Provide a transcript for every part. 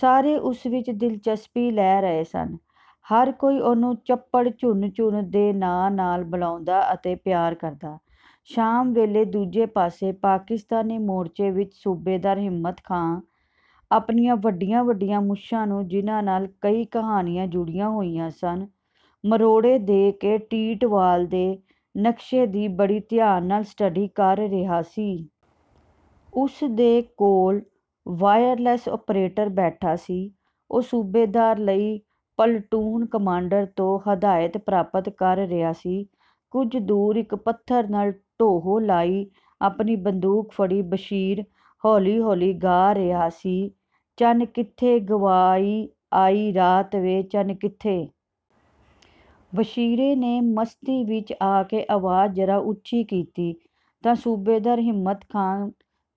ਸਾਰੇ ਉਸ ਵਿੱਚ ਦਿਲਚਸਪੀ ਲੈ ਰਹੇ ਸਨ। ਹਰ ਕੋਈ ਉਹਨੂੰ ਚਪੜਝੁਣਝੁਣ ਦੇ ਨਾਂ ਨਾਲ ਬੁਲਾਉਂਦਾ ਅਤੇ ਪਿਆਰ ਕਰਦਾ। ਸ਼ਾਮ ਵੇਲੇ ਦੂਜੇ ਪਾਸੇ ਪਾਕਿਸਤਾਨੀ ਮੋਰਚੇ ਵਿੱਚ ਸੂਬੇਦਾਰ ਹਿੰਮਤ ਖਾਂ ਆਪਣੀਆਂ ਵੱਡੀਆਂ ਵੱਡੀਆਂ ਮੁੱਛਾਂ ਨੂੰ ਜਿਨ੍ਹਾਂ ਨਾਲ ਕਈ ਕਹਾਣੀਆਂ ਜੁੜੀਆਂ ਹੋਈਆਂ ਸਨ ਮਰੋੜੇ ਦੇ ਕੇ ਟੀਟਵਾਲ ਦੇ ਨਕਸ਼ੇ ਦੀ ਬੜੇ ਧਿਆਨ ਨਾਲ ਸਟੱਡੀ ਕਰ ਰਿਹਾ ਸੀ। ਉਸ ਦੇ ਕੋਲ ਵਾਇਰਲੈਸ ਓਪਰੇਟਰ ਬੈਠਾ ਸੀ ਉਹ ਸੂਬੇਦਾਰ ਲਈ ਪਲਟੂਨ ਕਮਾਂਡਰ ਤੋਂ ਹਦਾਇਤ ਪ੍ਰਾਪਤ ਕਰ ਰਿਹਾ ਸੀ। ਕੁਝ ਦੂਰ ਇੱਕ ਪੱਥਰ ਨਾਲ ਢੋਹ ਲਾਈ ਆਪਣੀ ਬੰਦੂਕ ਫੜੀ ਬਸ਼ੀਰ ਹੌਲੀ-ਹੌਲੀ ਗਾ ਰਿਹਾ ਸੀ ਚੰਨ ਕਿੱਥੇ ਗਵਾਈ ਆਈ ਰਾਤ ਵੇ ਚੰਨ ਕਿੱਥੇ। ਬਸ਼ੀਰੇ ਨੇ ਮਸਤੀ ਵਿੱਚ ਆ ਕੇ ਆਵਾਜ਼ ਜ਼ਰਾ ਉਚੀ ਕੀਤੀ ਤਾਂ ਸੂਬੇਦਾਰ ਹਿੰਮਤ ਖਾਂ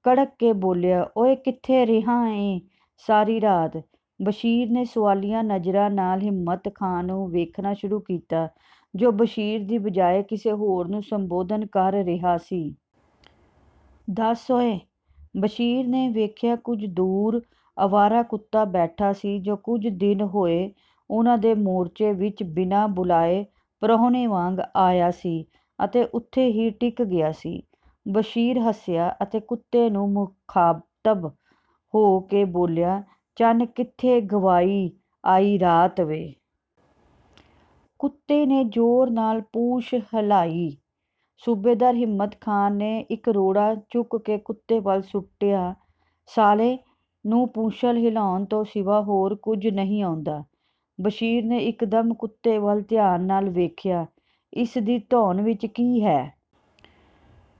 ਕੜਕ ਕੇ ਬੋਲਿਆ ਓਏ ਕਿੱਥੇ ਰਿਹਾ ਏਂ ਸਾਰੀ ਰਾਤ। ਬਸ਼ੀਰ ਨੇ ਸੁਆਲੀਆ ਨਜ਼ਰਾਂ ਨਾਲ ਹਿੰਮਤ ਖਾਂ ਨੂੰ ਵੇਖਣਾ ਸ਼ੁਰੂ ਕੀਤਾ ਜੋ ਬਸ਼ੀਰ ਦੀ ਬਜਾਏ ਕਿਸੇ ਹੋਰ ਨੂੰ ਸੰਬੋਧਨ ਕਰ ਰਿਹਾ ਸੀ। ਦੱਸ ਓਏ। ਬਸ਼ੀਰ ਨੇ ਵੇਖਿਆ ਕੁੱਝ ਦੂਰ ਆਵਾਰਾ ਕੁੱਤਾ ਬੈਠਾ ਸੀ ਜੋ ਕੁੱਝ ਦਿਨ ਹੋਏ ਉਨ੍ਹਾਂ ਦੇ ਮੋਰਚੇ ਵਿੱਚ ਬਿਨਾਂ ਬੁਲਾਏ ਪਰਾਹੁਣੇ ਵਾਂਗ ਆਇਆ ਸੀ ਅਤੇ ਉਥੇ ਹੀ ਟਿਕ ਗਿਆ ਸੀ। ਬਸ਼ੀਰ ਹੱਸਿਆ ਅਤੇ ਕੁੱਤੇ ਨੂੰ ਮੁਖਾਤਬ ਹੋ ਕੇ ਬੋਲਿਆ ਚੰਨ ਕਿੱਥੇ ਗਵਾਈ ਆਈ ਰਾਤ ਵੇ। ਕੁੱਤੇ ਨੇ ਜ਼ੋਰ ਨਾਲ ਪੂਛ ਹਿਲਾਈ। ਸੂਬੇਦਾਰ ਹਿੰਮਤ ਖਾਂ ਨੇ ਇੱਕ ਰੋੜਾ ਚੁੱਕ ਕੇ ਕੁੱਤੇ ਵੱਲ ਸੁੱਟਿਆ, ਸਾਲੇ ਨੂੰ ਪੂਛਲ ਹਿਲਾਉਣ ਤੋਂ ਸਿਵਾ ਹੋਰ ਕੁੱਝ ਨਹੀਂ ਆਉਂਦਾ। ਬਸ਼ੀਰ ਨੇ ਇੱਕਦਮ ਕੁੱਤੇ ਵੱਲ ਧਿਆਨ ਨਾਲ ਵੇਖਿਆ, ਇਸ ਦੀ ਧੌਣ ਵਿੱਚ ਕੀ ਹੈ।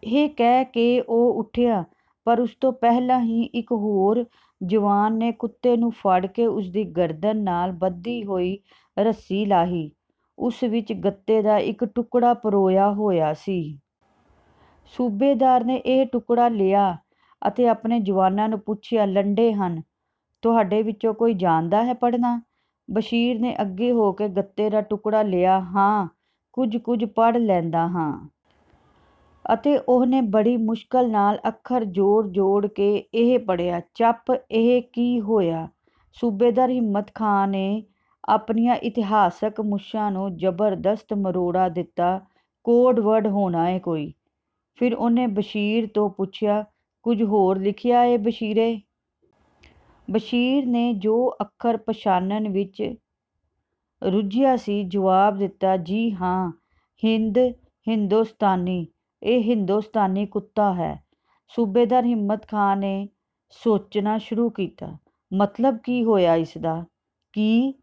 ਇਹ ਕਹਿ ਕੇ ਉਹ ਉਠਿਆ ਪਰ ਉਸਤੋਂ ਪਹਿਲਾਂ ਹੀ ਇੱਕ ਹੋਰ ਜੁਆਨ ਨੇ ਕੁੱਤੇ ਨੂੰ ਫੜ ਕੇ ਉਸ ਦੀ ਗਰਦਨ ਨਾਲ ਬੱਧੀ ਹੋਈ ਰੱਸੀ ਲਾਹੀ। ਉਸ ਵਿੱਚ ਗੱਤੇ ਦਾ ਇੱਕ ਟੁਕੜਾ ਪਰੋਇਆ ਹੋਇਆ ਸੀ। ਸੂਬੇਦਾਰ ਨੇ ਇਹ ਟੁਕੜਾ ਲਿਆ ਅਤੇ ਆਪਣੇ ਜੁਆਨਾਂ ਨੂੰ ਪੁੱਛਿਆ ਲੰਡੇ ਹਨ ਤੁਹਾਡੇ ਵਿੱਚੋਂ ਕੋਈ ਜਾਣਦਾ ਹੈ ਪੜ੍ਹਨਾ। ਬਸ਼ੀਰ ਨੇ ਅੱਗੇ ਹੋ ਕੇ ਗੱਤੇ ਦਾ ਟੁਕੜਾ ਲਿਆ, ਹਾਂ ਕੁੱਝ-ਕੁੱਝ ਪੜ੍ਹ ਲੈਂਦਾ ਹਾਂ। ਅਤੇ ਉਹਨੇ ਬੜੀ ਮੁਸ਼ਕਲ ਨਾਲ ਅੱਖਰ ਜੋੜ-ਜੋੜ ਕੇ ਇਹ ਪੜ੍ਹਿਆ, ਚਪ ਇਹ ਕੀ ਹੋਇਆ। ਸੂਬੇਦਾਰ ਹਿੰਮਤ ਖਾਂ ਨੇ ਆਪਣੀਆਂ ਇਤਿਹਾਸਕ ਮੁੱਛਾਂ ਨੂੰ ਜ਼ਬਰਦਸਤ ਮਰੋੜਾ ਦਿੱਤਾ ਕੋਡ ਵਰਡ ਹੋਣਾ ਏ ਕੋਈ। ਫਿਰ ਉਹਨੇ ਬਸ਼ੀਰ ਤੋਂ ਪੁੱਛਿਆ ਕੁੱਝ ਹੋਰ ਲਿਖਿਆ ਏ ਬਸ਼ੀਰੇ। ਬਸ਼ੀਰ ਨੇ ਜੋ ਅੱਖਰ ਪਛਾਨਣ ਵਿੱਚ ਰੁੱਝਿਆ ਸੀ ਜਵਾਬ ਦਿੱਤਾ ਜੀ ਹਾਂ ਹਿੰਦ ਹਿੰਦੋਸਤਾਨੀ ਇਹ ਹਿੰਦੋਸਤਾਨੀ ਕੁੱਤਾ ਹੈ। ਸੂਬੇਦਾਰ ਹਿੰਮਤ ਖਾਂ ਨੇ ਸੋਚਣਾ ਸ਼ੁਰੂ ਕੀਤਾ, ਮਤਲਬ ਕੀ ਹੋਇਆ ਇਸਦਾ? ਕੀ